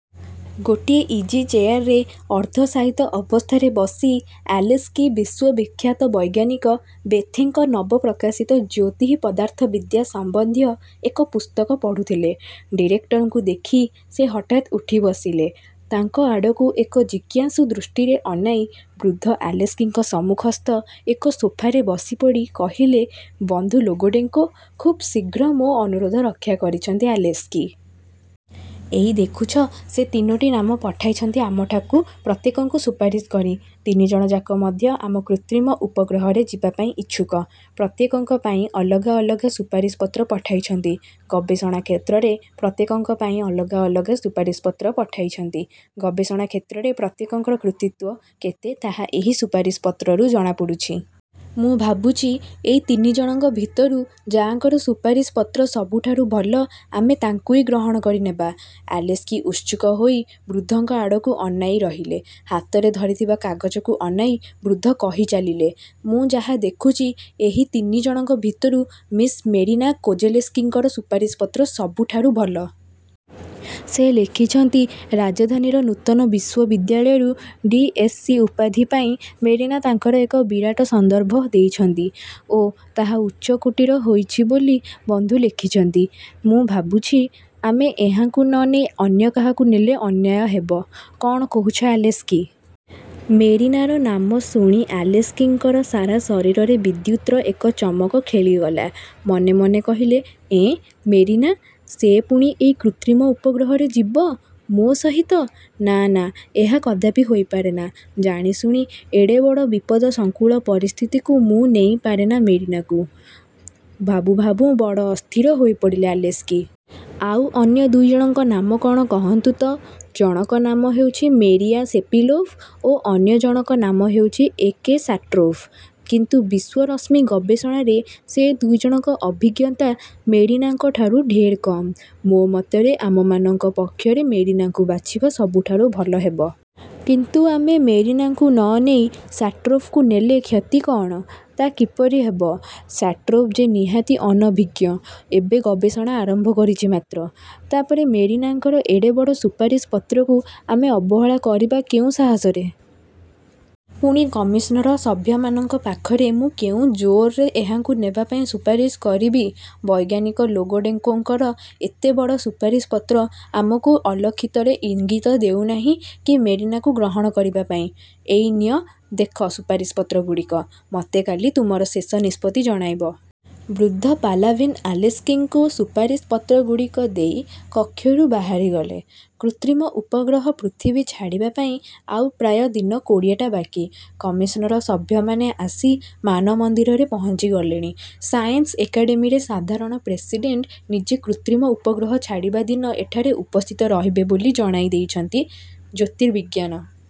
ଗୋଟିଏ ଇଜିଚେୟାରରେ ଅର୍ଦ୍ଧଶାୟିତ ଅବସ୍ଥାରେ ବସି ଆଲେସ୍କି ବିଶ୍ୱବିଖ୍ୟାତ ବୈଜ୍ଞାନିକ ବେଥେଙ୍କ ନବ ପ୍ରକାଶିତ ଜ୍ୟୋତିଃ-ପଦାର୍ଥବିଦ୍ୟା ସମ୍ୱନ୍ଧୀୟ ଏକ ପୁସ୍ତକ ପଢ଼ୁଥିଲେ। ଡିରେକ୍ଟରଙ୍କୁ ଦେଖି ସେ ହଠାତ୍ ଉଠି ବସିଲେ। ତାଙ୍କ ଆଡ଼କୁ ଏକ ଜିଜ୍ଞାସୁ ଦୃଷ୍ଟିରେ ଅନାଇ, ବୃଦ୍ଧ ଆଲେସ୍କିଙ୍କ ସମ୍ମୁଖସ୍ଥ ଏକ ସୋଫାରେ ବସିପଡ଼ି କହିଲେ, ''ବନ୍ଧୁ ଲୋଗୋଡ଼େଙ୍କୋ ଖୁବ୍ ଶୀଘ୍ର ମୋ ଅନୁରୋଧ ରକ୍ଷା କରିଛନ୍ତି ଆଲେସ୍କି! ଏଇ ଦେଖୁଛ, ସେ ତିନୋଟି ନାମ ପଠାଇଛନ୍ତି ଆମଠାକୁ ପ୍ରତ୍ୟେକଙ୍କୁ ସୁପାରିଶ କରି। ତିନିଜଣ ଯାକ ମଧ୍ୟ ଆମ କୃତ୍ରିମ ଉପଗ୍ରହରେ ଯିବାପାଇଁ ଇଛୁକ। ପ୍ରତ୍ୟେକଙ୍କ ପାଇଁ ଅଲଗା ଅଲଗା ସୁପାରିଶପତ୍ର ପଠାଇଛନ୍ତି। ଗବେଷଣା କ୍ଷେତ୍ରରେ ପ୍ରତ୍ୟେକଙ୍କ ପାଇଁ ଅଲଗା ଅଲଗା ସୁପାରିଶପତ୍ର ପଠାଇଛନ୍ତି। ଗବେଷଣା କ୍ଷେତ୍ରରେ ପ୍ରତ୍ୟେକଙ୍କର କୃତିତ୍ୱ କେତେ ତାହା ଏହି ସୁପାରିଶପତ୍ରରୁ ଜଣାପଡ଼ୁଛି। ମୁଁ ଭାବୁଛି, ଏଇ ତିନିଜଣଙ୍କ ଭିତରୁ ଯା'ଙ୍କର ସୁପାରିଶପତ୍ର ସବୁଠାରୁ ଭଲ, ଆମେ ତାଙ୍କୁଇ ଗ୍ରହଣ କରିନେବା। '' ଆଲେସ୍କି ଉତ୍ସୁକ ହୋଇ ବୃଦ୍ଧଙ୍କ ଆଡ଼କୁ ଅନାଇ ରହିଲେ। ହାତରେ ଧରିଥିବା କାଗଜକୁ ଅନାଇ ବୃଦ୍ଧ କହିଚାଲିଲେ, ''ମୁଁ ଯାହା ଦେଖୁଛି ଏହି ତିନିଜଣଙ୍କ ଭିତରୁ ମିସ୍ ମେରିନା କୋଜେଲେସ୍କିଙ୍କର ସୁପାରିଶପତ୍ର ସବୁଠାରୁ ଭଲ। ସେ ଲେଖିଛନ୍ତି ରାଜଧାନୀର ନୂତନ ବିଶ୍ୱବିଦ୍ୟାଳୟରୁ ଡି. ଏସସି. ଉପାଧି ପାଇଁ ମେରିନା ତାଙ୍କର ଏକ ବିରାଟ ସନ୍ଦର୍ଭ ଦେଇଛନ୍ତି ଓ ତାହା ଉଚ୍ଚକୋଟୀର ହୋଇଛି ବୋଲି ବନ୍ଧୁ ଲେଖିଛନ୍ତି। ମୁଁ ଭାବୁଛି, ଆମେ ଏହାଙ୍କୁ ନ ନେଇ ଅନ୍ୟକାହାକୁ ନେଲେ ଅନ୍ୟାୟ ହେବ। କ'ଣ କହୁଛ ଆଲେସ୍କି? '' ମେରିନାର ନାମ ଶୁଣି ଆଲେସ୍କିଙ୍କର ସାରା ଶରୀରରେ ବିଦ୍ୟୁତ୍ର ଏକ ଚମକ ଖେଳିଗଲା। ମନେ ମନେ କହିଲେ, ''ଏଁ ମେରିନା? ସେ ପୁଣି ଏଇ କୃତ୍ରିମ ଉପଗ୍ରହରେ ଯିବ, ମୋ ସହିତ? ନା, ନା, ଏହା କଦାପି ହୋଇ ପାରେନା। ଜାଣିଶୁଣି ଏଡ଼େ ବଡ଼ ବିପଦ-ସଂକୁଳ ପରିସ୍ଥିତିକୁ ମୁଁ ନେଇ ପାରେନା ମେରିନାକୁ''–ଭାବୁଁ ଭାବୁଁ ବଡ଼ ଅସ୍ଥିର ହୋଇପଡ଼ିଲେ ଆଲେସ୍କି। ''ଆଉ ଅନ୍ୟ ଦୁଇଜଣଙ୍କ ନାମ କ'ଣ କହନ୍ତୁ ତ? '' ''ଜଣକ ନାମ ହେଉଛି ମେରିଆ ସେପିଲୋଭ ଓ ଅନ୍ୟ ଜଣକ ନାମ ହେଉଛି ଏ. କେ. ଶାଟ୍ରୋଭ। କିନ୍ତୁ ବିଶ୍ୱରଶ୍ମି ଗବେଷଣାରେ ସେ ଦୁଇଜଣଙ୍କ ଅଭିଜ୍ଞତା ମେରିନାଙ୍କଠାରୁ ଢେର୍ କମ୍। ମୋ ମତରେ ଆମ୍ଭମାନଙ୍କ ପକ୍ଷରେ ମେରିନାଙ୍କୁ ବାଛିବା ସବୁଠାରୁ ଭଲ ହେବ। '' ''କିନ୍ତୁ ଆମେ ମେରିନାଙ୍କୁ ନ ନେଇ ଶାଟ୍ରୋଭଙ୍କୁ ନେଲେ କ୍ଷତି କଅଣ? '' ''ତା କିପରି ହେବ? ଶାଟ୍ରୋଭ ଯେ ନିହାତି ଅନଭିଜ୍ଞ; ଏବେ ଗବେଷଣା ଆରମ୍ଭ କରିଛି ମାତ୍ର। ତା'ପରେ ମେରିନାଙ୍କର ଏଡ଼େ ବଡ଼ ସୁପାରିଶପତ୍ରକୁ ଆମେ ଅବହେଳା କରିବା କେଉଁ ସାହସରେ? ପୁଣି କମିଶନ୍ର ସଭ୍ୟମାନଙ୍କ ପାଖରେ ମୁଁ କେଉଁ ଜୋର୍ରେ ଏହାଙ୍କୁ ନେବା ପାଇଁ ସୁପାରିଶ କରିବି? ବୈଜ୍ଞାନିକ ଲୋଗୋଡ଼େଙ୍କୋଙ୍କର ଏତେ ବଡ଼ ସୁପାରିଶପତ୍ର ଆମକୁ ଅଲକ୍ଷିତରେ ଇଙ୍ଗିତ ଦେଉନାହିଁ କି ମେରିନାକୁ ଗ୍ରହଣ କରିବା ପାଇଁ? ଏଇ ନିଅ, ଦେଖ ସୁପାରିଶପତ୍ରଗୁଡ଼ିକ। ମୋତେ କାଲି ତୁମର ଶେଷ ନିଷ୍ପତ୍ତି ଜଣାଇବ। '' ବୃଦ୍ଧ ପାଲାଭିନ୍ ଆଲେସ୍କିଙ୍କୁ ସୁପାରିଶପତ୍ରଗୁଡ଼ିକ ଦେଇ କକ୍ଷରୁ ବାହାରିଗଲେ। କୃତ୍ରିମ ଉପଗ୍ରହ ପୃଥିବୀ ଛାଡ଼ିବା ପାଇଁ ଆଉ ପ୍ରାୟ ଦିନ କୋଡ଼ିଏଟା ବାକି। କମିଶନ୍ର ସଭ୍ୟମାନେ ଆସି ମାନମନ୍ଦିରରେ ପହଞ୍ଚିଗଲେଣି। ସାଏନ୍ସ ଏକାଡ଼େମୀରେ ସାଧାରଣ ପ୍ରେସିଡ଼େଣ୍ଟ ନିଜେ କୃତ୍ରିମ ଉପଗ୍ରହ ଛାଡ଼ିବା ଦିନ ଏଠାରେ ଉପସ୍ଥିତ ରହିବେ ବୋଲି ଜଣାଇ ଦେଇଛନ୍ତି। ଜ୍ୟୋତିର୍ବିଜ୍ଞାନ